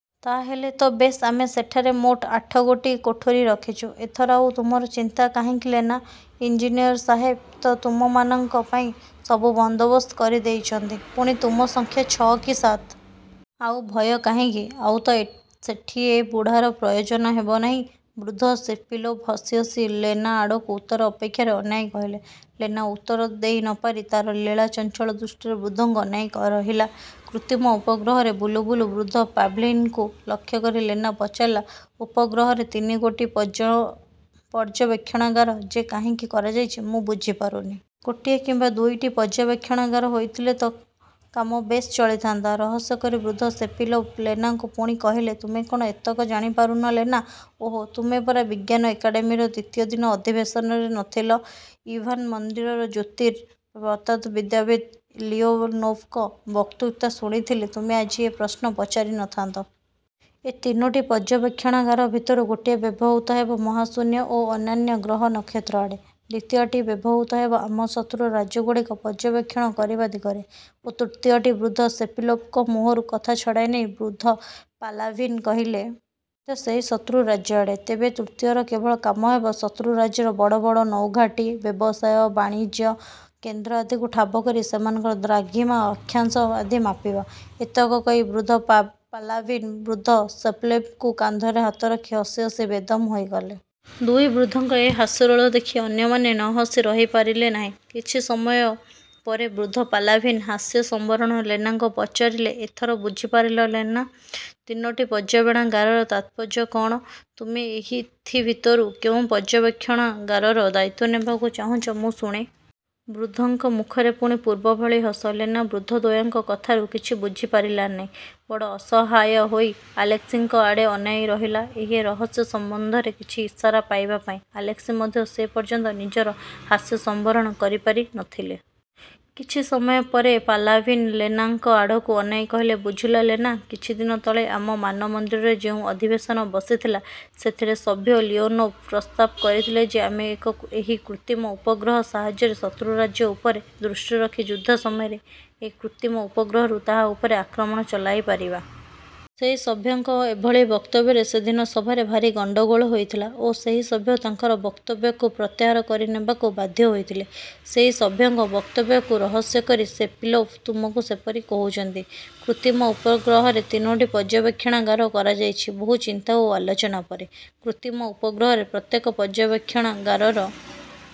'' ''ତା' ହେଲେ ତ ବେଶ୍ ଆମେ ସେଠାରେ ମୋଟ ଆଠଗୋଟି କୋଠରି ରଖିଛୁ। '' ''ଏଥର ଆଉ ତୁମର ଚିନ୍ତା କାହିଁକି ଲେନା? '' ଇଞ୍ଜିନିଅର୍ ସାହେବ ତ ତୁମ୍ଭମାନଙ୍କ ପାଇଁ ସବୁ ବନ୍ଦୋବସ୍ତ କରି ଦେଇଛନ୍ତି। ପୁଣି ତୁମ ସଂଖ୍ୟା ଛ'କି ସାତ। ଆଉ ଭୟ କାହିଁକି? ଆଉ ତ ସେଠି ଏ ବୁଢ଼ାର ପ୍ରୟୋଜନ ହେବ ନାହିଁ? '' ବୃଦ୍ଧ ସେପିଲୋଭ୍ ହସି ହସି ଲେନାଆଡ଼କୁ ଉତ୍ତର ଅପେକ୍ଷାରେ ଅନାଇ କହିଲେ। ଲେନା ଉତ୍ତର ଦେଇ ନ ପାରି ତା'ର ଲୀଳା-ଚଞ୍ଚଳ ଦୃଷ୍ଟିରେ ବୃଦ୍ଧଙ୍କୁ ଅନାଇ ରହିଲା। କୃତ୍ରିମ ଉପଗ୍ରହରେ ବୁଲୁ ବୁଲୁ ବୃଦ୍ଧ ପାଲାଭିନ୍ଙ୍କୁ ଲକ୍ଷ୍ୟ କରି ଲେନା ପଚାରିଲା–''ଉପଗ୍ରହରେ ତିନିଗୋଟି ପର୍ଯ୍ୟବେକ୍ଷଣାଗାର ଯେ କାହିଁକି କରାଯାଇଛି, ମୁଁ ବୁଝିପାରୁନି-। ଗୋଟିଏ କିମ୍ୱା ଦୁଇଟି ପର୍ଯ୍ୟବେକ୍ଷଣାଗାର ହୋଇଥିଲେ ତ କାମ ବେଶ୍ ଚଳିଥାନ୍ତା-? '' ରହସ୍ୟ କରି ବୃଦ୍ଧ ସେପିଲୋଭ୍ ଲେନାକୁ ପୁଣି କହିଲେ–''ତୁମେ କ'ଣ ଏତକ ଜାଣିପାରୁନ ଲେନା? ଓହୋ, ତୁମେ ପରା ବିଜ୍ଞାନ ଏକାଡେମୀର ଦ୍ୱିତୀୟ ଦିନ ଅଧିବେଶନରେ ନ ଥିଲ? ଇଭ୍ମାନମନ୍ଦିରର ଜ୍ୟୋତିଃ-ପଦାର୍ଥବିଦ୍ୟାବିତ୍ ଲିଓନୋଭଙ୍କ ବକ୍ତୃତା ଶୁଣିଥିଲେ, ତୁମେ ଆଜି ଏ ପ୍ରଶ୍ନ ପଚାରି ନ ଥାନ୍ତ। ଏ ତିନୋଟି ପର୍ଯ୍ୟବେକ୍ଷଣାଗାର ଭିତରୁ ଗୋଟିଏ ବ୍ୟବହୃତ ହେବ ମହାଶୂନ୍ୟ ଓ ଅନ୍ୟାନ୍ୟ ଗ୍ରହ ନକ୍ଷତ୍ରଆଡ଼େ। ଦ୍ୱିତୀୟଟି ବ୍ୟବହୃତ ହେବ ଆମ ଶତ୍ରୁ ରାଜ୍ୟଗୁଡ଼ିକୁ ପର୍ଯ୍ୟବେକ୍ଷଣ କରିବା ଦିଗରେ ଓ ତୃତୀୟଟି... '' ବୃଦ୍ଧ ସେପିଲୋଭ୍ଙ୍କ ମୁହଁରୁ କଥା ଛଡ଼ାଇ ନେଇ ବୃଦ୍ଧ ପାଲାଭିନ୍ କହିଲେ, ''... ମଧ୍ୟ ସେଇ ଶତ୍ରୁ ରାଜ୍ୟଆଡ଼େ। ତେବେ ତୃତୀୟର କେବଳ କାମ ହେବ ଶତ୍ରୁରାଜ୍ୟର ବଡ଼ ବଡ଼ ନୌଘାଟି, ବ୍ୟବସାୟ ଓ ବାଣିଜ୍ୟ କେନ୍ଦ୍ର ଆଦିକୁ ଠାବ କରି ସେମାନଙ୍କର ଦ୍ରାଘିମା ଆକ୍ଷାଂଶ ଆଦି ମାପିବା। '' ଏତକ କହି ବୃଦ୍ଧ ପାଲାଭିନ୍ ବୃଦ୍ଧ ସେପିଲୋଭ୍ଙ୍କ କାନ୍ଧରେ ହାତ ରଖି ହସି ହସି ବେଦମ୍ ହୋଇଗଲେ। ଦୁଇ ବୃଦ୍ଧଙ୍କ ଏ ହାସ୍ୟରୋଳ ଦେଖି ଅନ୍ୟମାନେ ନହସି ରହି ପାରିଲେ ନାହିଁ। କିଛି ସମୟପରେ ବୃଦ୍ଧ ପାଲାଭିନ୍ ହାସ୍ୟ ସମ୍ୱରଣ ଲେନାକୁ ପଚାରିଲେ, ''ଏଥର ବୁଝିପାରିଲ ଲେନା, ତିନୋଟି ପର୍ଯ୍ୟବେଣାଗାରର ତାତ୍ପର୍ଯ୍ୟ କଅଣ? ତୁମେ ଏଥିଭିତରୁ କେଉଁ ପର୍ଯ୍ୟବେକ୍ଷଣାଗାରର ଦାୟିତ୍ୱ ନେବାକୁ ଚାହୁଁଛ ମୁଁ ଶୁଣେ। '' ବୃଦ୍ଧଙ୍କ ମୁଖରେ ପୁଣି ପୂର୍ବଭଳି ହସ। ଲେନା ବୃଦ୍ଧଦ୍ୱୟଙ୍କ। କଥାରୁ କିଛି ବୁଝିପାରିଲାନି। ବଡ଼ ଅସହାୟ ହୋଇ ଆଲେସ୍କିଙ୍କ ଆଡ଼େ ଅନାଇ ରହିଲା ଏହି ରହସ୍ୟ ସମ୍ୱନ୍ଧରେ କିଛି ଇସାରା ପାଇବା ପାଇଁ। ଆଲେସ୍କି ମଧ୍ୟ ସେ ପର୍ଯ୍ୟନ୍ତ ନିଜର ହାସ୍ୟ ସମ୍ୱରଣ କରି ପାରି ନ ଥିଲେ। କିଛି ସମୟ ପରେ ପାଲାଭିନ୍ ଲେନାଙ୍କଆଡ଼କୁ ଅନାଇ କହିଲେ-''ବୁଝିଲ ଲେନା, କିଛିଦିନ ତଳେ ଆମ ମାନମନ୍ଦିରରେ ଯେଉଁ ଅଧିବେଶନ ବସିଥିଲା, ସେଥିରେ ସଭ୍ୟ ଲିଓନୋଭ୍ ପ୍ରସ୍ତାବ କରିଥିଲେ ଯେ, ଆମେ ଏହି କୃତ୍ରିମ ଉପଗ୍ରହ ସାହାଯ୍ୟରେ ଶତ୍ରୁ ରାଜ୍ୟ ଉପରେ ଦୃଷ୍ଟି ରଖି ଯୁଦ୍ଧ ସମୟରେ ଏହି କୃତ୍ରିମ ଉପଗ୍ରହରୁ ତାହା ଉପରେ ଆକ୍ରମଣ ଚଳାଇ ପାରିବା। ସେହି ସଭ୍ୟଙ୍କ ଏଭଳି ବକ୍ତବ୍ୟରେ ସେଦିନ ସଭାରେ ଭାରି ଗଣ୍ଡଗୋଳ ହୋଇଥିଲା ଓ ସେହି ସଭ୍ୟ ତାଙ୍କର ବକ୍ତବ୍ୟକୁ ପ୍ରତ୍ୟାହାର କରିନେବାକୁ ବାଧ୍ୟ ହୋଇଥିଲେ। ସେଇ ସଭ୍ୟଙ୍କ ବକ୍ତବ୍ୟକୁ ରହସ୍ୟ କରି ସେପିଲୋଭ୍ ତୁମକୁ ସେପରି କହୁଛନ୍ତି। କୃତ୍ରିମ ଉପଗ୍ରହରେ ତିନୋଟି ପର୍ଯ୍ୟବେକ୍ଷଣାଗାର କରାଯାଇଛି ବହୁ ଚିନ୍ତା ଓ ଆଲୋଚନା ପରେ। କୃତ୍ରିମ ଉପଗ୍ରହରେ ପ୍ରତ୍ୟେକ ପର୍ଯ୍ୟବେକ୍ଷଣାଗାରର